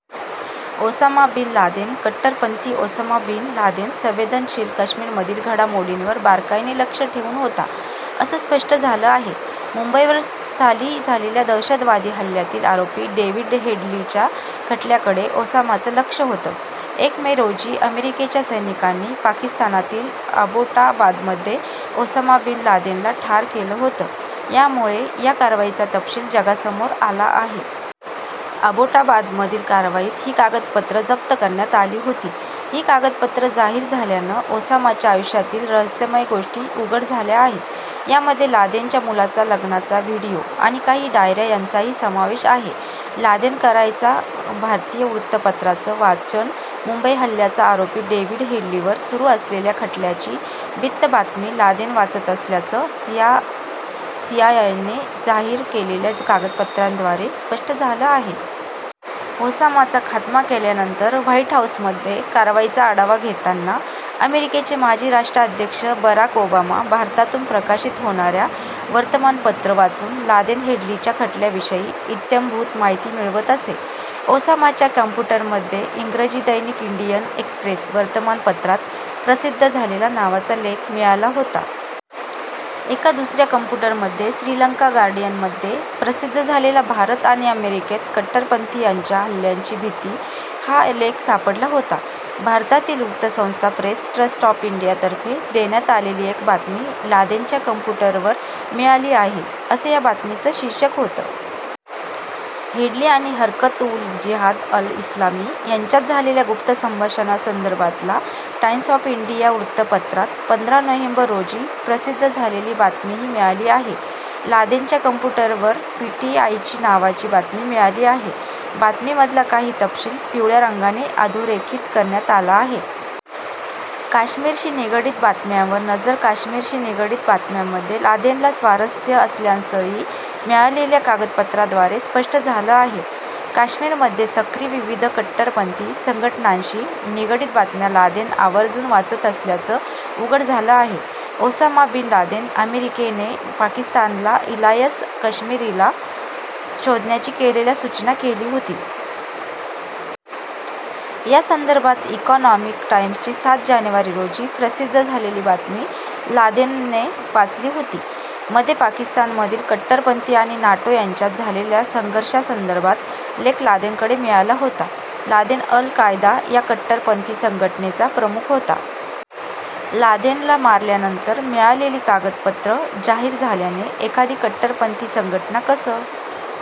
Osama bin Laden कट्टरपंथी Osama bin Laden संवेदनशील काश्मीरमधील घडामोडींवर बारकाईने लक्ष ठेऊन होता, असं स्पष्ट झालं आहे. मुंबईवर साली झालेल्या दहशतवादी हल्ल्यातील आरोपी डेव्हिड हेडलीच्या खटल्याकडे ओसामाचं लक्ष होतं. एक मे रोजी अमेरिकेच्या सैनिकांनी पाकिस्तानातील अबोटाबादमध्ये ओसामा बिन लादेनला ठार केलं होतं यामुळे या कारवाईचा तपशील जगासमोर आला आहे. अबोटाबादमधील कारवाईत ही कागदपत्रं जप्त करण्यात आली होती. ही कागदपत्रं जाहीर झाल्यानं ओसामाच्या आयुष्यातील रहस्यमय गोष्टी उघड झाल्या आहेत. यामध्ये लादेनच्या मुलाचा लग्नाचा व्हीडिओ आणि काही डायऱ्या यांचाही समावेश आहे. लादेन करायचा भारतीय वृत्तपत्रांचं वाचन मुंबई हल्ल्याचा आरोपी डेव्हिड हेडलीवर सुरू असलेल्या खटल्याची बित्तंबातमी लादेन वाचत असल्याचं सीआयएने जाहीर केलेल्या कागदपत्रांद्वारे स्पष्ट झालं आहे. ओसामाचा खात्मा केल्यानंतर व्हाइट हाऊसमध्ये कारवाईचा आढावा घेताना अमेरिकेचे माजी राष्ट्राध्यक्ष बराक ओबामा भारतातून प्रकाशित होणाऱ्या वर्तमानपत्रं वाचून लादेन हेडलीच्या खटल्याविषयी इत्यंभूत माहिती मिळवत असे. ओसामाच्या काँम्प्युटरमध्ये इंग्रजी दैनिक इंडियन एक्स्प्रेस वर्तमानपत्रात प्रसिद्ध झालेला नावाचा लेख मिळाला होता. एका दुसऱ्या कम्प्युटरमध्ये श्रीलंका गार्डियनमध्ये प्रसिद्ध झालेला भारत आणि अमेरिकेत कट्टरपंथीयांच्या हल्ल्यांची भीती हा लेख सापडला होता. भारतातील वृत्तसंस्था प्रेस ट्रस्ट ऑफ इंडियातर्फे देण्यात आलेली एक बातमी लादेनच्या कॉम्प्युटरवर मिळाली आहे असं या बातमीचं शीर्षक होतं. हेडली आणि हरकत उल जिहाद अल इस्लामी यांच्यात झालेल्या गुप्त संभाषणासंदर्भातला टाइम्स ऑफ इंडिया वृत्तपत्रात पंधरा नोव्हेंबर रोजी प्रसिद्ध झालेली बातमीही मिळाली आहे लादेनच्या कॉम्प्युटरवर पीटीआयची नावाची बातमी मिळाली आहे. बातमीमधला काही तपशील पिवळ्या रंगाने अधोरेखित करण्यात आला आहे. काश्मीरशी निगडीत बातम्यांवर नजर काश्मीरशी निगडीत बातम्यांमध्ये लादेनला स्वारस्य असल्याचंही मिळालेल्या कागदपत्रांद्वारे स्पष्ट झालं आहे. काश्मीरमध्ये सक्रिय विविध कट्टरपंथी संघटनांशी निगडीत बातम्या लादेन आवर्जून वाचत असल्याचं उघड झालं आहे. ओसामा बिन लादेन अमेरिकेने पाकिस्तानला इलयास कश्मीरीला शोधण्याची केलेल्या सूचना केली होती. या संदर्भात इकॉनॉमिक टाइम्सची सात जानेवारी रोजी प्रसिद्ध झालेली बातमी लादेनने वाचली होती. मध्ये पाकिस्तानमधील कट्टरपंथी आणि नाटो यांच्यात झालेल्या संघर्षासंदर्भात लेख लादेनकडे मिळाला होता. लादेन अल कायदा या कट्टरपंथी संघटनेचा प्रमुख होता. लादेनला मारल्यानंतर मिळालेली कागदपत्रं जाहीर झाल्यानं एखादी कट्टरपंथी संघटना कसं